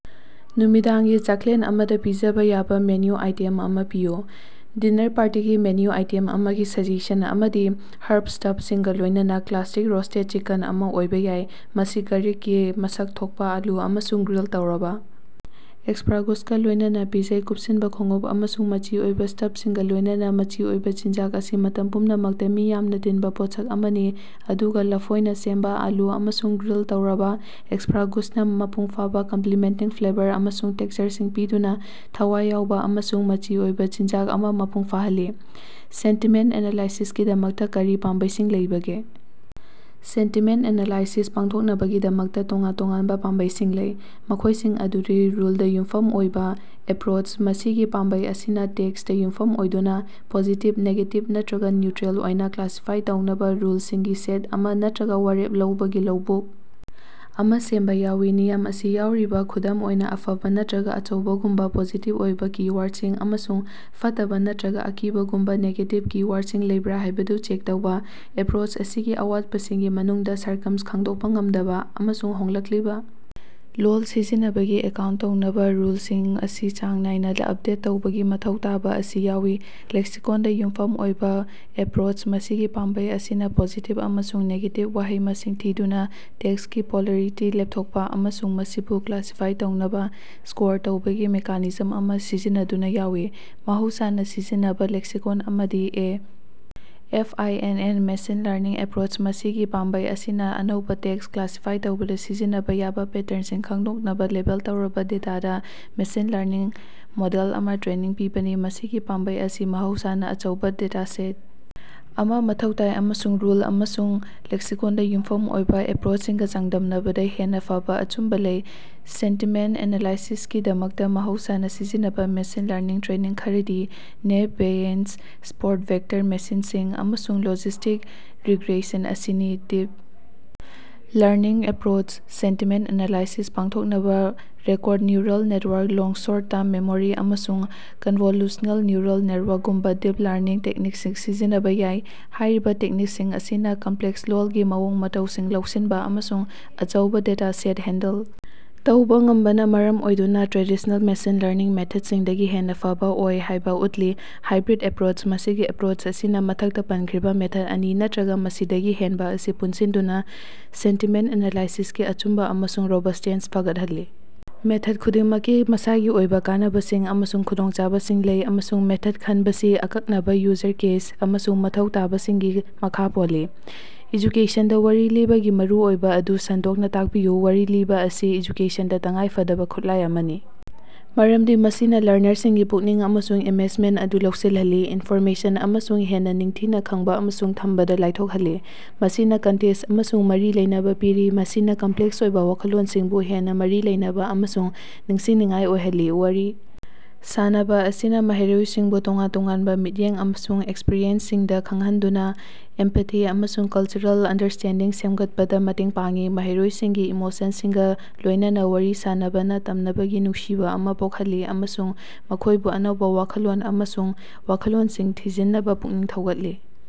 ꯅꯨꯃꯤꯗꯥꯡꯒꯤ ꯆꯥꯛꯂꯦꯟ ꯑꯃꯗ ꯄꯤꯖꯕ ꯌꯥꯕꯥ ꯃꯦꯅꯨ ꯑꯥꯏꯇꯦꯝ ꯑꯃ ꯄꯤꯌꯨ꯫ ꯗꯤꯅꯔ ꯄꯥꯔꯇꯤꯒꯤ ꯃꯦꯅꯨ ꯑꯥꯏꯇꯦꯝ ꯑꯃꯒꯤ ꯁꯖꯦꯁꯟ ꯑꯃꯗꯤ ꯍꯔꯕ ꯁ꯭ꯇꯐꯁꯤꯡꯒ ꯂꯣꯏꯅꯅ ꯀ꯭ꯂꯥꯁꯤꯛ ꯔꯣꯁꯇꯦꯗ ꯆꯤꯀꯟ ꯑꯃ ꯑꯣꯏꯕ ꯌꯥꯏ, ꯃꯁꯤ ꯒꯥꯔꯤꯛꯀꯤ ꯃꯁꯛ ꯊꯣꯛꯄ ꯑꯥꯂꯨ ꯑꯃꯁꯨꯡ ꯒ꯭ꯔꯤꯜ ꯇꯧꯔꯕ ꯑꯦꯁꯄꯔꯥꯒꯨꯁꯀ ꯂꯣꯏꯅꯅ ꯄꯤꯖꯩ꯫ ꯀꯨꯞꯁꯤꯟꯕ ꯈꯣꯡꯎꯞ ꯑꯃꯁꯨꯡ ꯃꯆꯤ ꯑꯣꯏꯕ ꯁ꯭ꯇꯐꯁꯤꯡꯒ ꯂꯣꯏꯅꯅ ꯃꯆꯤ ꯑꯣꯏꯕ ꯆꯤꯟꯖꯥꯛ ꯑꯁꯤ ꯃꯇꯝ ꯄꯨꯝꯅꯃꯛꯇ ꯃꯤ ꯌꯥꯝꯅ ꯇꯤꯟꯕ ꯄꯣꯠꯁꯛ ꯑꯃꯅꯤ ꯑꯗꯨꯒ ꯂꯐꯣꯏꯅ ꯁꯦꯝꯕ ꯑꯥꯂꯨ ꯑꯃꯁꯨꯡ ꯒ꯭ꯔꯤꯜ ꯇꯧꯔꯕ ꯑꯦꯁꯄꯔꯥꯒꯨꯁꯅ ꯃꯄꯨꯡ ꯐꯥꯕ ꯀꯝꯄ꯭ꯂꯤꯃꯦꯟꯇꯤꯡ ꯐ꯭ꯂꯦꯕꯔ ꯑꯃꯁꯨꯡ ꯇꯦꯛꯁꯆꯔꯁꯤꯡ ꯄꯤꯗꯨꯅ ꯊꯋꯥꯏ ꯌꯥꯎꯕ ꯑꯃꯁꯨꯡ ꯃꯆꯤ ꯑꯣꯏꯕ ꯆꯤꯟꯖꯥꯛ ꯑꯃ ꯃꯄꯨꯡ ꯐꯥꯍꯜꯂꯤ꯫ ꯁꯦꯟꯇꯤꯃꯦꯟꯠ ꯑꯦꯅꯥꯂꯥꯏꯁꯤꯁꯀꯤꯗꯃꯛꯇ ꯀꯔꯤ ꯄꯥꯝꯕꯩꯁꯤꯡ ꯂꯩꯕꯒꯦ? ꯁꯦꯟꯇꯤꯃꯦꯟꯠ ꯑꯦꯅꯥꯂꯥꯏꯁꯤꯁ ꯄꯥꯡꯊꯣꯛꯅꯕꯒꯤꯗꯃꯛꯇ ꯇꯣꯉꯥꯟ ꯇꯣꯉꯥꯟꯕ ꯄꯥꯝꯕꯩꯁꯤꯡ ꯂꯩ, ꯃꯈꯣꯏꯁꯤꯡ ꯑꯗꯨꯗꯤ- ꯔꯨꯜꯗ ꯌꯨꯝꯐꯝ ꯑꯣꯏꯕ ꯑꯦꯄ꯭ꯔꯣꯆ: ꯃꯁꯤꯒꯤ ꯄꯥꯝꯕꯩ ꯑꯁꯤꯅ ꯇꯦꯛꯁꯇ ꯌꯨꯝꯐꯝ ꯑꯣꯏꯗꯨꯅ ꯄꯣꯖꯤꯇꯤꯕ, ꯅꯦꯒꯦꯇꯤꯕ ꯅꯠꯇ꯭ꯔꯒ ꯅ꯭ꯌꯨꯇ꯭ꯔꯤꯜ ꯑꯣꯏꯅ ꯀ꯭ꯂꯥꯁꯤꯐꯥꯏ ꯇꯧꯅꯕ ꯔꯨꯜꯁꯤꯡꯒꯤ ꯁꯦꯠ ꯑꯃ ꯅꯠꯇ꯭ꯔꯒ ꯋꯥꯔꯦꯞ ꯂꯧꯕꯒꯤ ꯂꯧꯕꯨꯛ ꯑꯃ ꯁꯦꯝꯕ ꯌꯥꯎꯏ꯫ ꯅꯤꯌꯝ ꯑꯁꯤ ꯌꯥꯎꯔꯤ꯫ ꯈꯨꯗꯝ ꯑꯣꯏꯅ, "ꯑꯐꯕ" ꯅꯠꯇ꯭ꯔꯒ "ꯑꯆꯧꯕ"ꯒꯨꯝꯕ ꯄꯣꯖꯤꯇꯤꯕ ꯑꯣꯏꯕ ꯀꯤ-ꯋꯥꯔꯗꯁꯤꯡ ꯑꯃꯁꯨꯡ "ꯐꯠꯇꯕ" ꯅꯠꯇ꯭ꯔꯒ "ꯑꯀꯤꯕ"ꯒꯨꯝꯕ ꯅꯦꯒꯦꯇꯤꯕ ꯀꯤ-ꯋꯥꯔꯗꯁꯤꯡ ꯂꯩꯕ꯭ꯔ ꯍꯥꯏꯕꯗꯨ ꯆꯦꯛ ꯇꯧꯕ꯫ ꯑꯦꯄ꯭ꯔꯣꯆ ꯑꯁꯤꯒꯤ ꯑꯋꯥꯠꯄꯁꯤꯡꯒꯤ ꯃꯅꯨꯡꯗ ꯁꯥꯔꯀꯥꯁꯝ ꯈꯪꯗꯣꯛꯄ ꯉꯝꯗꯕ, ꯑꯃꯁꯨꯡ ꯍꯣꯡꯂꯛꯂꯤꯕ ꯂꯣꯜ ꯁꯤꯖꯤꯟꯅꯕꯒꯤ ꯑꯦꯀꯥꯎꯟꯠ ꯇꯧꯅꯕ ꯔꯨꯜꯁꯤꯡ ꯑꯁꯤ ꯆꯥꯡ ꯅꯥꯏꯅ ꯑꯞꯗꯦꯠ ꯇꯧꯕꯒꯤ ꯃꯊꯧ ꯇꯥꯕ ꯑꯁꯤ ꯌꯥꯎꯏ꯫ ꯂꯦꯛꯁꯤꯀꯣꯟꯗ ꯌꯨꯝꯐꯝ ꯑꯣꯏꯕ ꯑꯦꯄ꯭ꯔꯣꯆ: ꯃꯁꯤꯒꯤ ꯄꯥꯝꯕꯩ ꯑꯁꯤꯅ ꯄꯣꯖꯤꯇꯤꯕ ꯑꯃꯁꯨꯡ ꯅꯦꯒꯦꯇꯤꯕ ꯋꯥꯍꯩ ꯃꯁꯤꯡ ꯊꯤꯗꯨꯅ ꯇꯦꯛꯁꯀꯤ ꯄꯣꯂꯔꯤꯇꯤ ꯂꯦꯞꯊꯣꯛꯄ ꯑꯃꯁꯨꯡ ꯃꯁꯤꯕꯨ ꯀ꯭ꯂꯥꯁꯤꯐꯥꯏ ꯇꯧꯅꯕ ꯁ꯭ꯀꯣꯔ ꯇꯧꯕꯒꯤ ꯃꯦꯀꯥꯅꯤꯖꯝ ꯑꯃ ꯁꯤꯖꯤꯟꯅꯗꯨꯅ ꯌꯥꯎꯏ꯫ ꯃꯍꯧꯁꯥꯅ ꯁꯤꯖꯤꯟꯅꯕ ꯂꯦꯛꯁꯤꯀꯣꯟ ꯑꯃꯗꯤ A. F. I. N. N. Machine learning approach: ꯃꯁꯤꯒꯤ ꯄꯥꯝꯕꯩ ꯑꯁꯤꯅ ꯑꯅꯧꯕ ꯇꯦꯛꯁ ꯀ꯭ꯂꯥꯁꯤꯐꯥꯏ ꯇꯧꯕꯗ ꯁꯤꯖꯤꯟꯅꯕ ꯌꯥꯕ ꯄꯦꯇꯔꯟꯁꯤꯡ ꯈꯪꯗꯣꯛꯅꯕ ꯂꯦꯕꯦꯜ ꯇꯧꯔꯕ ꯗꯦꯇꯥꯗ ꯃꯦꯁꯤꯟ ꯂꯔꯅꯤꯡ ꯃꯣꯗꯦꯜ ꯑꯃ ꯇ꯭ꯔꯦꯅꯤꯡ ꯄꯤꯕꯅꯤ꯫ ꯃꯁꯤꯒꯤ ꯄꯥꯝꯕꯩ ꯑꯁꯤ ꯃꯍꯧꯁꯥꯅ ꯑꯆꯧꯕ ꯗꯦꯇꯥꯁꯦꯠ ꯑꯃ ꯃꯊꯧ ꯇꯥꯏ ꯑꯃꯁꯨꯡ ꯔꯨꯜ ꯑꯃꯁꯨꯡ ꯂꯦꯛꯁꯤꯀꯣꯟꯗ ꯌꯨꯝꯐꯝ ꯑꯣꯏꯕ ꯑꯦꯄ꯭ꯔꯣꯆꯁꯤꯡꯒ ꯆꯥꯡꯗꯝꯅꯕꯗ ꯍꯦꯟꯅ ꯐꯕ ꯑꯆꯨꯝꯕ ꯂꯩ꯫ ꯁꯦꯟꯇꯤꯃꯦꯟꯠ ꯑꯦꯅꯥꯂꯥꯏꯁꯤꯁꯀꯤꯗꯃꯛꯇ ꯃꯍꯧꯁꯥꯅ ꯁꯤꯖꯤꯟꯅꯕ ꯃꯦꯁꯤꯟ ꯂꯔꯅꯤꯡ ꯇꯦꯛꯅꯤꯛ ꯈꯔꯗꯤ ꯅꯦꯏꯕ ꯕꯦꯌꯦꯁ, ꯁꯄꯣꯔꯠ ꯚꯦꯛꯇꯔ ꯃꯦꯁꯤꯟꯁꯤꯡ, ꯑꯃꯁꯨꯡ ꯂꯣꯖꯤꯁꯇꯤꯛ ꯔꯤꯒ꯭ꯔꯦꯁꯟ ꯑꯁꯤꯅꯤ꯫ Deep learning approach: sentiment analysis ꯄꯥꯡꯊꯣꯛꯅꯕ recurrent neural network, long short term memory ꯑꯃꯁꯨꯡ ꯀꯟꯚꯣꯂꯨꯁꯅꯦꯜ ꯅ꯭ꯌꯨꯔꯜ ꯅꯦꯠꯋꯥꯔꯛ ꯒꯨꯝꯕ ꯗꯤꯞ ꯂꯔꯅꯤꯡ ꯇꯦꯛꯅꯤꯛꯁꯤꯡ ꯁꯤꯖꯤꯟꯅꯕ ꯌꯥꯏ꯫ ꯍꯥꯏꯔꯤꯕ ꯇꯦꯛꯅꯤꯛꯁꯤꯡ ꯑꯁꯤꯅ ꯀꯝꯄ꯭ꯂꯦꯛꯁ ꯂꯣꯜꯒꯤ ꯃꯑꯣꯡ ꯃꯇꯧꯁꯤꯡ ꯂꯧꯁꯤꯟꯕ ꯑꯃꯁꯨꯡ ꯑꯆꯧꯕ ꯗꯦꯇꯥꯁꯦꯠꯁꯤꯡ ꯍꯦꯟꯗꯜ ꯇꯧꯕ ꯉꯝꯕꯅ ꯃꯔꯝ ꯑꯣꯏꯗꯨꯅ ꯇ꯭ꯔꯦꯗꯤꯁꯅꯦꯜ ꯃꯦꯁꯤꯟ ꯂꯔꯅꯤꯡ ꯃꯦꯊꯗꯁꯤꯡꯗꯒꯤ ꯍꯦꯟꯅ ꯐꯕ ꯑꯣꯏ ꯍꯥꯏꯕ ꯎꯠꯂꯦ꯫ ꯍꯥꯏꯕ꯭ꯔꯤꯗ ꯑꯦꯄ꯭ꯔꯣꯆ: ꯃꯁꯤꯒꯤ ꯑꯦꯄ꯭ꯔꯣꯆ ꯑꯁꯤꯅ ꯃꯊꯛꯇ ꯄꯟꯈ꯭ꯔꯤꯕ ꯃꯦꯊꯗ ꯑꯅꯤ ꯅꯠꯇ꯭ꯔꯒ ꯃꯁꯤꯗꯒꯤ ꯍꯦꯟꯅꯕ ꯑꯁꯤ ꯄꯨꯟꯁꯤꯟꯗꯨꯅ ꯁꯦꯟꯇꯤꯃꯦꯟꯠ ꯑꯦꯅꯥꯂꯥꯏꯁꯤꯁꯀꯤ ꯑꯆꯨꯝꯕ ꯑꯃꯁꯨꯡ ꯔꯣꯕꯁꯇꯦꯟꯁ ꯐꯒꯠꯍꯜꯂꯤ꯫ ꯃꯦꯊꯗ ꯈꯨꯗꯤꯡꯃꯛꯀꯤ ꯃꯁꯥꯒꯤ ꯑꯣꯏꯕ ꯀꯥꯟꯅꯕꯁꯤꯡ ꯑꯃꯁꯨꯡ ꯈꯨꯗꯣꯡꯆꯥꯗꯕꯁꯤꯡ ꯂꯩ, ꯑꯃꯁꯨꯡ ꯃꯦꯊꯗ ꯈꯟꯕꯁꯤ ꯑꯀꯛꯅꯕ ꯌꯨꯖꯔ ꯀꯦꯁ ꯑꯃꯁꯨꯡ ꯃꯊꯧ ꯇꯥꯕꯁꯤꯡꯒꯤ ꯃꯈꯥ ꯄꯣꯜꯂꯤ꯫ ꯑꯦꯖꯨꯀꯦꯁꯟꯗ ꯋꯥꯔꯤ ꯂꯤꯕꯒꯤ ꯃꯔꯨꯑꯣꯏꯕ ꯑꯗꯨ ꯁꯟꯗꯣꯛꯅ ꯇꯥꯛꯄꯤꯌꯨ꯫ ꯋꯥꯔꯤ ꯂꯤꯕ ꯑꯁꯤ ꯑꯦꯖꯨꯀꯦꯁꯟꯗ ꯇꯉꯥꯏꯐꯗꯕ ꯈꯨꯠꯂꯥꯏ ꯑꯃꯅꯤ ꯃꯔꯝꯗꯤ ꯃꯁꯤꯅ ꯂꯔꯅꯔꯁꯤꯡꯒꯤ ꯄꯨꯛꯅꯤꯡ ꯑꯃꯁꯨꯡ ꯏꯃꯦꯖꯃꯦꯟꯠ ꯑꯗꯨ ꯂꯧꯁꯤꯜꯂꯤ, ꯏꯟꯐꯣꯔꯃꯦꯁꯟ ꯑꯗꯨ ꯍꯦꯟꯅ ꯅꯤꯡꯊꯤꯅ ꯈꯪꯕ ꯑꯃꯁꯨꯡ ꯊꯝꯕꯗ ꯂꯥꯏꯊꯣꯛꯍꯜꯂꯤ꯫ ꯃꯁꯤꯅ ꯀꯟꯇꯦꯛꯁ ꯑꯃꯁꯨꯡ ꯃꯔꯤ ꯂꯩꯅꯕ ꯄꯤꯔꯤ, ꯃꯁꯤꯅ ꯀꯝꯄ꯭ꯂꯦꯛꯁ ꯑꯣꯏꯕ ꯋꯥꯈꯜꯂꯣꯟꯁꯤꯡꯕꯨ ꯍꯦꯟꯅ ꯃꯔꯤ ꯂꯩꯅꯕ ꯑꯃꯁꯨꯡ ꯅꯤꯡꯁꯤꯡꯅꯤꯡꯉꯥꯏ ꯑꯣꯏꯍꯜꯂꯤ꯫ ꯋꯥꯔꯤ ꯁꯥꯅꯕ ꯑꯁꯤꯅ ꯃꯍꯩꯔꯣꯏꯁꯤꯡꯕꯨ ꯇꯣꯉꯥꯟ ꯇꯣꯉꯥꯟꯕ ꯃꯤꯠꯌꯦꯡ ꯑꯃꯁꯨꯡ ꯑꯦꯛꯁꯄꯔꯤꯌꯦꯟꯁꯁꯤꯡꯗ ꯈꯪꯍꯟꯗꯨꯅ ꯏꯝꯄꯇꯤ ꯑꯃꯁꯨꯡ ꯀꯜꯆꯔꯦꯜ ꯑꯟꯗꯔꯁꯇꯦꯟꯗꯤꯡ ꯁꯦꯝꯒꯠꯄꯗꯁꯨ ꯃꯇꯦꯡ ꯄꯥꯡꯏ꯫ ꯃꯍꯩꯔꯣꯏꯁꯤꯡꯒꯤ ꯏꯃꯣꯁꯟꯁꯤꯡꯒ ꯂꯣꯏꯅꯅ ꯋꯥꯔꯤ ꯁꯥꯅꯕꯅ ꯇꯝꯅꯕꯒꯤ ꯅꯨꯡꯁꯤꯕ ꯑꯃ ꯄꯣꯛꯍꯜꯂꯤ ꯑꯃꯁꯨꯡ ꯃꯈꯣꯏꯕꯨ ꯑꯅꯧꯕ ꯋꯥꯈꯜꯂꯣꯟ ꯑꯃꯁꯨꯡ ꯋꯥꯈꯜꯂꯣꯟꯁꯤꯡ ꯊꯤꯖꯤꯟꯅꯕ ꯄꯨꯛꯅꯤꯡ ꯊꯧꯒꯠꯂꯤ